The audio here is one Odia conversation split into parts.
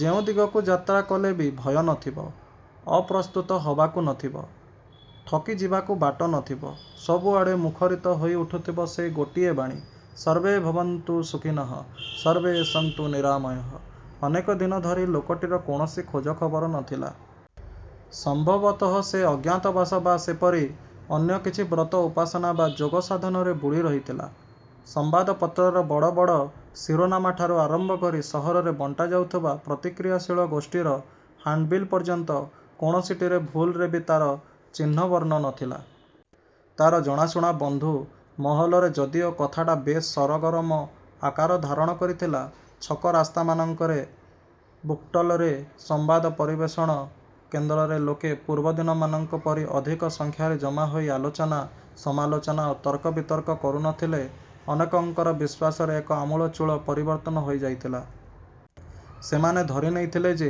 ଯେଉଁ ଦିଗକୁ ଯାତ୍ରା କଲେବି ଭୟ ନଥିବ। ଅପ୍ରସ୍ତୁତ ହବାକୁ ନଥିବ। ଠକିଯିବାକୁ ବାଟ ନଥିବ, ସବୁଆଡ଼େ ମୁଖରିତ ହୋଇ ଉଠୁଥିବ ସେଇ ଗୋଟିଏ ବାଣୀ ''ସର୍ବେ ଭବନ୍ତୁ ସୁଖୀନଃ, ସର୍ବେସନ୍ତୁ ନିରାମୟଃ। '' ଅନେକ ଦିନ ଧରି ଲୋକଟିର କୌଣସି ଖୋଜ ଖବର ନ ଥିଲା। ସମ୍ଭବତଃ ସେ ଅଜ୍ଞାତବାସ ବା ସେପରି ଅନ୍ୟ କିଛି ବ୍ରତ ଉପାସନା ବା ଯୋଗ ସାଧନାରେ ବୁଡ଼ି ରହିଥିଲା। ସମ୍ବାଦପତ୍ରର ବଡ଼ ବଡ଼ ଶୀରୋନାମାଠାରୁ ଆରମ୍ଭ କରି ସହରରେ ବଣ୍ଟା ଯାଉଥିବା ପ୍ରତିକ୍ରିୟାଶୀଳ ଗୋଷ୍ଠୀର 'ହାଣ୍ତବିଲ୍' ପର୍ଯ୍ୟନ୍ତ କୌଣସିଟିରେ ଭୁଲରେ ବି ତା'ର ଚିହ୍ନ-ବର୍ଣ୍ଣ ନଥିଲା। ତା'ର ଜଣାଶୁଣା ବନ୍ଧୁ ମହଲରେ ଯଦିଓ କଥାଟା ବେଶ୍ ସରଗରମ ଆକାର ଧାରଣ କରିଥିଲା; ଛକ ରାସ୍ତାମାନଙ୍କରେ, ବୁକ୍ଷ୍ଟଲରେ, ସମ୍ବାଦ ପରିବେଷଣ କେନ୍ଦ୍ରରେ ଲୋକେ ପୂର୍ବଦିନମାନଙ୍କ ପରି ଅଧିକ ସଂଖ୍ୟାରେ ଜମାହୋଇ ଆଲୋଚନା, ସମାଲୋଚନା ଓ ତର୍କବିତର୍କ କରୁନଥିଲେ। ଅନେକଙ୍କର ବିଶ୍ୱାସରେ ଏକ ଆମୂଳଚୂଳ ପରିବର୍ତ୍ତନ ହୋଇଯାଇଥିଲା। ସେମାନେ ଧରି ନେଇଥିଲେ ଯେ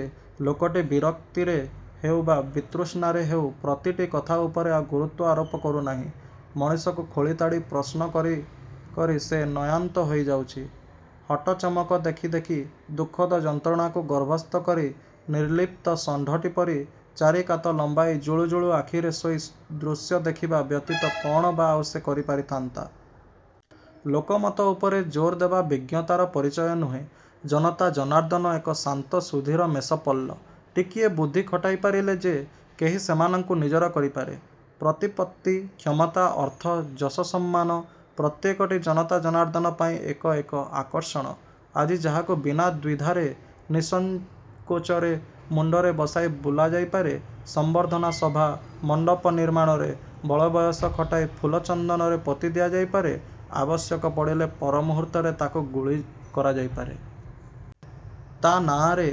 ଲୋକଟି ବିରକ୍ତିରେ ହେଉ ବା ବିତୃଷ୍ଣାରେ ହେଉ ପ୍ରତିଟି କଥା ଉପରେ ଆଉ ଗୁରୁତ୍ୱ ଆରୋପ କରୁନାହିଁ। ମଣିଷକୁ ଖୋଳି ତାଡ଼ି ପ୍ରଶ୍ନ କରି କରି ସେ ନୟାନ୍ତ ହୋଇଯାଉଛି। ହଟଚମକ ଦେଖି ଦେଖି, ଦୁଃଖଦ ଯନ୍ତ୍ରଣାକୁ ଗର୍ଭସ୍ଥକରି, ନିର୍ଲିପ୍ତ ଷଣ୍ଢଟି ପରି ଚାରିକାତ ଲମ୍ବାଇ ଜୁଳୁଜୁଳୁ ଆଖିରେ ଶୋଇ ଦୃଶ୍ୟ ଦେଖିବା ବ୍ୟତୀତ କ'ଣ ବା' ଆଉ ସେ କରିପାରିଥାନ୍ତା। ଲୋକମତ ଉପରେ ଜୋରଦେବା ବିଜ୍ଞତାର ପରିଚୟ ନୁହେଁ। ଜନତା ଜନାର୍ଦ୍ଦନ ଏକ ଶାନ୍ତ ସୁଧୀର ମେଷପଲ୍ଲ। ଟିକିଏ ବୁଦ୍ଧି ଖଟାଇ ପାରିଲେ ଯେ କେହି ସେମାନଙ୍କୁ ନିଜର କରିପାରେ। ପ୍ରତିପତ୍ତି, କ୍ଷମତା, ଅର୍ଥ ଯଶସମ୍ମାନ-ପ୍ରତ୍ୟେକଟି ଜନତା ଜନାର୍ଦ୍ଦନ ପାଇଁ ଏକ ଏକ ଆକର୍ଷଣ। ଆଜି ଯାହାକୁ ବିନା ଦ୍ୱିଧାରେ ନିସଂକୋଚରେ ମୁଣ୍ଡରେ ବସାଇ ବୁଲାଯାଇପାରେ, ସମ୍ବର୍ଦ୍ଧନା ସଭା, ମଣ୍ତପ ନିର୍ମାଣରେ ବଳବୟସ ଖଟାଇ ଫୁଲଚନ୍ଦନରେ ପୋତି ଦିଆଯାଇ ପାରେ, ଆବଶ୍ୟକ ପଡ଼ିଲେ ପର ମୁହୂର୍ତ୍ତରେ ତାକୁ ଗୁଳି କରାଯାଇ ପାରେ। ତା' ନାଆଁରେ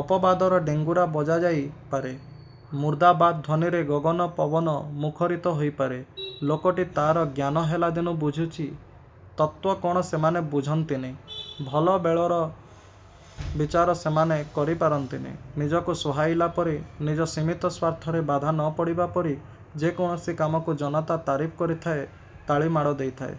ଅପବାଦର ଡେଙ୍ଗୁରା ବଜାଯାଇ ପାରେ। ମୁର୍ଦାବାଦ ଧ୍ୱନିରେ ଗଗନ ପବନ ମୁଖରିତ ହୋଇପାରେ। ଲୋକଟି ତା'ର ଜ୍ଞାନହେଲା ଦିନୁ ବୁଝିଛି, 'ତତ୍ତ୍ୱ' କ'ଣ ସେମାନେ ବୁଝନ୍ତିନି। ଭଲ ଭେଳର ବିଚାର ସେମାନେ କରି ପାରିନ୍ତିନି। ନିଜକୁ ସୁହାଇଲା ପରି, ନିଜ ସୀମିତ ସ୍ୱାର୍ଥରେ ବାଧା ନପଡ଼ିଲା ପରି ଯେ କୌଣସି କାମକୁ ଜନତା ତାରିଫ କରିଥାଏ ତାଳିମାଡ଼ ଦେଇଥାଏ।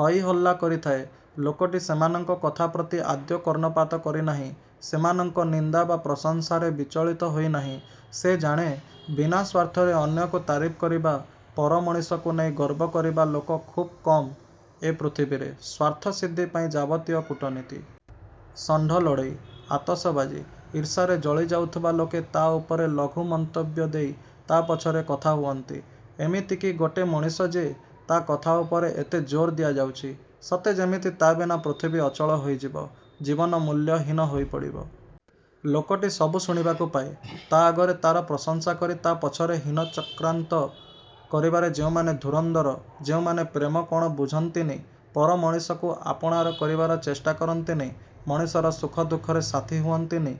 ହଇହଲ୍ଲା କରିଥାଏ। ଲୋକଟି ସେମାନଙ୍କ କଥାପ୍ରତି ଆଦୌ କର୍ଣ୍ଣପାତ କରିନାହିଁ। ସେମାନଙ୍କ ନିନ୍ଦା ବା ପ୍ରଶଂସାରେ ବିଚଳିତ ହୋଇ ନାହିଁ। ସେ ଜାଣେ, ବିନା ସ୍ୱାର୍ଥରେ ଅନ୍ୟକୁ ତାରିଫ କରିବା, ପରମଣିଷକୁ ନେଇ ଗର୍ବ କରିବା ଲୋକ ଖୁବ୍ କମ୍ ଏ ପୃଥିବୀରେ। ସ୍ୱାର୍ଥସିଦ୍ଧି ପାଇଁ ଯାବତୀୟ କୂଟନୀତି। ଷଣ୍ଢ ଲଢ଼େଇ। ଆତସବାଜି। ଈର୍ଷାରେ ଜଳିଯାଉଥିବା ଲୋକେ ତା' ଉପରେ ଲଘୁ ମନ୍ତବ୍ୟ ଦେଇ ତା' ପଛରେ କଥାହୁଅନ୍ତି। ''ଏମିତି କି ଗୋଟେ ମଣିଷ ଯେ! ତା' କଥା ଉପରେ ଏତେ ଜୋର୍ ଦିଆଯାଉଛି। ସତେ ଯେମିତି ତା' ବିନା ପୃଥିବୀ ଅଚଳ ହୋଇଯିବ। ଜୀବନ ମୂଲ୍ୟହୀନ ହୋଇପଡ଼ିବ। '' ଲୋକଟି ସବୁ ଶୁଣିବାକୁ ପାଏ। ତା' ଆଗରେ ତା'ର ପ୍ରଶଂସା କରି ତା' ପଛରେ ହୀନଚକ୍ରାନ୍ତ କରିବାରେ ଯେଉଁମାନେ ଧୁରନ୍ଧର-ଯେଉଁମାନେ ପ୍ରେମ କ'ଣ ବୁଝନ୍ତିନି; ପର ମଣିଷକୁ ଆପଣାର କରିବାର ଚେଷ୍ଟା କରନ୍ତିନି; ମଣିଷର ସୁଖ ଦୁଃଖରେ ସାଥୀ ହୁଅନ୍ତିନି,